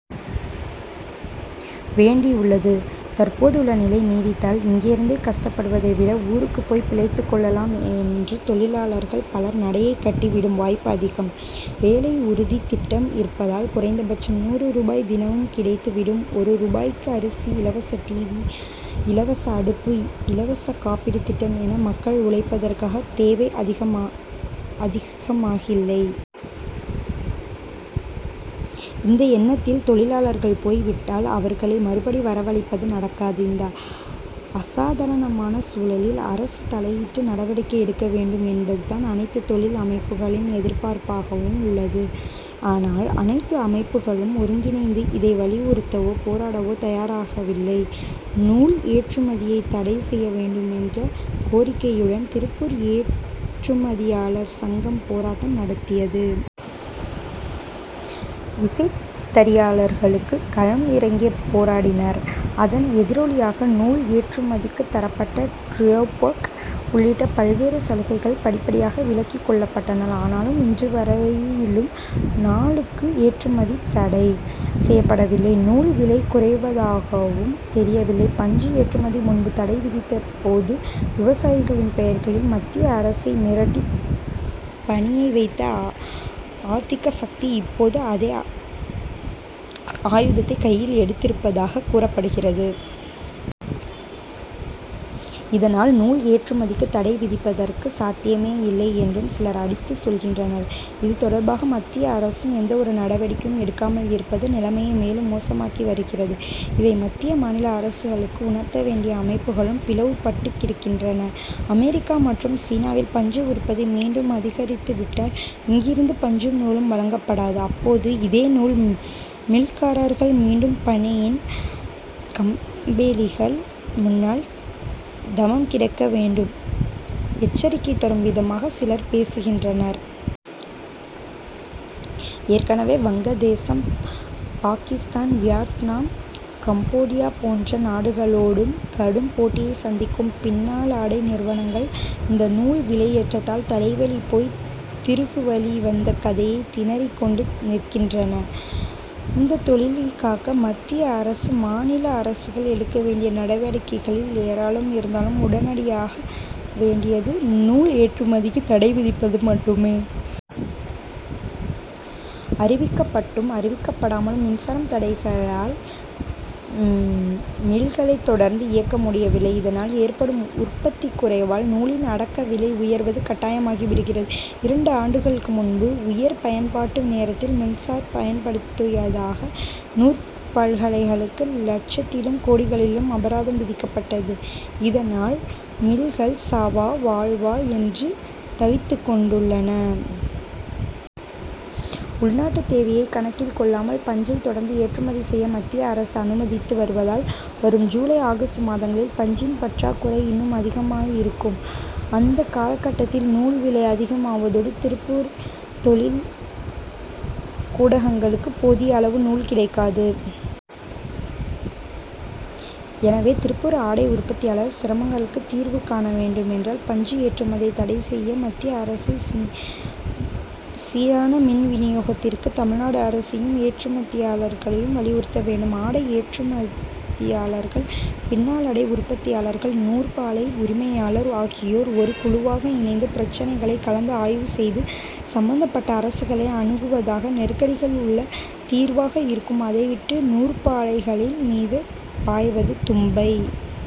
வேண்டியுள்ளது. தற்போதுள்ள நிலை நீடித்தால், இங்கேயிருந்து கஷ்டப்படுவதை விட, ஊருக்குப் போய் பிழைத்துக் கொள்ளலாம் என்று தொழிலாளர்கள் பலர் நடையைக் கட்டி விடும் வாய்ப்பு அதிகம். வேலை உறுதித் திட்டம் இருப்பதால், குறைந்தபட்சம் நூறு ரூபாய் தினமும் கிடைத்து விடும். ஒரு ரூபாய்க்கு அரிசி, இலவச டிவி, இலவச அடுப்பு, இலவச காப்பீட்டுத் திட்டம் என, மக்கள் உழைப்பதற்கான தேவை அதிகமாகில்லை. இந்த எண்ணத்தில் தொழிலாளர்கள் போய் விட்டால், அவர்களை மறுபடி வரவழைப்பது நடக்காது. இந்த அசாதாரணமான சூழலில் அரசு தலையிட்டு நடவடிக்கை எடுக்க வேண்டும் என்பதுதான் அனைத்து தொழில் அமைப்புகளின் எதிர்பார்ப்பாகவும் உள்ளது. ஆனால், அனைத்து அமைப்புகளும் ஒருங்கிணைந்து, இதை வலியுறுத்தவோ, போராடவோ தயாராகயில்லை. நூல் ஏற்றுமதியைத் தடை செய்ய வேண்டும் என்ற கோரிக்கையுடன், திருப்பூர் ஏற்றுமதியாளர் சங்கம் போராட்டம் நடத்தியது. விசைத்தறியாளர்களுக்கு களம் இறங்கிப் போராடினர். அதன் எதிரொலியாக, நூல் ஏற்றுமதிக்கு தரப்பட்ட டிராபோக் உள்ளிட்ட பல்வேறு சலுகைகள் படிப்படியாக விலக்கிக் கொள்ளப்பட்டன. ஆனாலும், இன்று வரையிலும் நாலுக்கு ஏற்றுமதி தடை செய்யப்படவில்லை; நூல் விலை குறைவதாகவும் தெரியவில்லை. பஞ்சு ஏற்றுமதிக்கு முன்பு தடை விதித்தபோது, விவசாயிகளின் பெயரில் மத்திய அரசை மிரட்டிப் பணிய வைத்த ஆதிக்க சக்திகள், இப்போதும் அதே ஆயுதத்தைக் கையில் எடுத்திருப்பதாகக் கூறப்படுகிறது. இதனால், நூல் ஏற்றுமதிக்கு தடை விதிப்பதற்கு சாத்தியமேயில்லை என்றும் சிலர் அடித்துச் சொல்கின்றனர். இது தொடர்பாக மத்திய அரசும் எந்த ஒரு நடவடிக்கையும் எடுக்காமல் இருப்பது, நிலைமையை மேலும் மோசமாக்கி வருகிறது. இதை மத்திய, மாநில அரசுகளுக்கு உணர்த்தவேண்டிய அமைப்புகளும் பிளவு பட்டுக்கிடக்கின்றன. அமெரிக்கா மற்றும் சீனாவில் பஞ்சு உற்பத்தி மீண்டும் அதிகரித்து விட்டால், இங்கிருந்து பஞ்சும், நூலும் வாங்கப்படாது, அப்போது இதே நூல் மில்காரர்கள் மீண்டும் பனியன் கம்பெனிகள் முன்னால் தவம் கிடக்க வேண்டும் எச்சரிக்கை தரும் விதமாகவும் சிலர் பேசுகின்றனர். ஏற்கனவே, வங்கதேசம், பாகிஸ்தான், வியட்நாம், கம்போடியா போன்ற நாடுகளோடு கடும் போட்டியைச் சந்திக்கும் பின்னாலாடை நிறுவனங்கள், இந்த நூல் விலையேற்றத்தால் தலைவலி போய் திருகுவலி வந்த கதையை திணறிக் கொண்டு நிற்கின்றன. இந்த தொழிலைக் காக்க மத்திய அரசு, மாநில அரசுகள் எடுக்க வேண்டிய நடவடிக்கைகள் ஏராளம் இருந்தாலும், உடனடியாகச்செய்ய வேண்டியது, நூல் ஏற்றுமதிக்கு தடை விதிப்பது மட்டுமே. அறிவிக்கப்பட்டும், அறிவிக்கப்படாமலும் மின்சார தடைகளால் மில்களை தொடர்ந்து இயக்க முடியவில்லை. இதனால் ஏற்படும் உற்பத்தி குறைவால், நூலின் அடக்க விலை உயர்வது கட்டாயமாகி விடுகிறது. இரண்டு ஆண்டுகளுக்கு முன்பு உயர் பயன்பாட்டு நேரத்தில் மின்சாரம் பயன் படுத்தியதாக நூற்பாலைகளுக்கு லட்சத்திலும், கோடிகளிலும் அபராதம் விதிக்கப்பட்டது. இதனால் மில்கள் சாவா, வாழ்வா என்று தவித்துக் கொண் டுள்ளன. உள்நாட்டு தேவையை கணக்கில் கொள்ளாமல், பஞ்சை தொடர்ந்து ஏற்றுமதி செய்ய மத்திய அரசு அனுமதித்து வருவதால், வரும் ஜூலை, ஆகஸ்ட் மாதங்களில் பஞ்சின் பற்றாக்குறை இன்னும் அதிகமாக இருக்கும். அந்த காலகட்டத்தில் நூல் விலை அதிகமாவதோடு, திருப்பூர் தொழில் கூடங்களுக்கு போதிய அளவு நூல் கிடைக்காது. எனவே, திருப்பூர் ஆடை உற்பத்தியாளர் சிரமங்களுக்கு தீர்வு காண வேண்டுமென்றால் பஞ்சு ஏற்றுமதியை தடை செய்ய மத்திய அரசையும், சீரான மின் விநியோகத்திற்கு தமிழ்நாடு அரசையும் ஏற்றுமதியாளர்கள் வலியுறுத்த வேண்டும். ஆடை ஏற்றுமதியாளர்கள், பின்னலாடை உற்பத்தியாளர்கள், நூற்பாலை உரிமையாளர் ஆகியோர் ஒரு குழுவாக இணைந்து பிரச்னைகளை கலந்து ஆய்வு செய்து சம்பந்தப்பட்ட அரசுகளை அணுகுவதுதான் நெருக்கடிகளுக்கு தீர்வாக இருக்கும். அதை விட்டு நூற்பாலைகளின் மீது பாய்வது தும்பை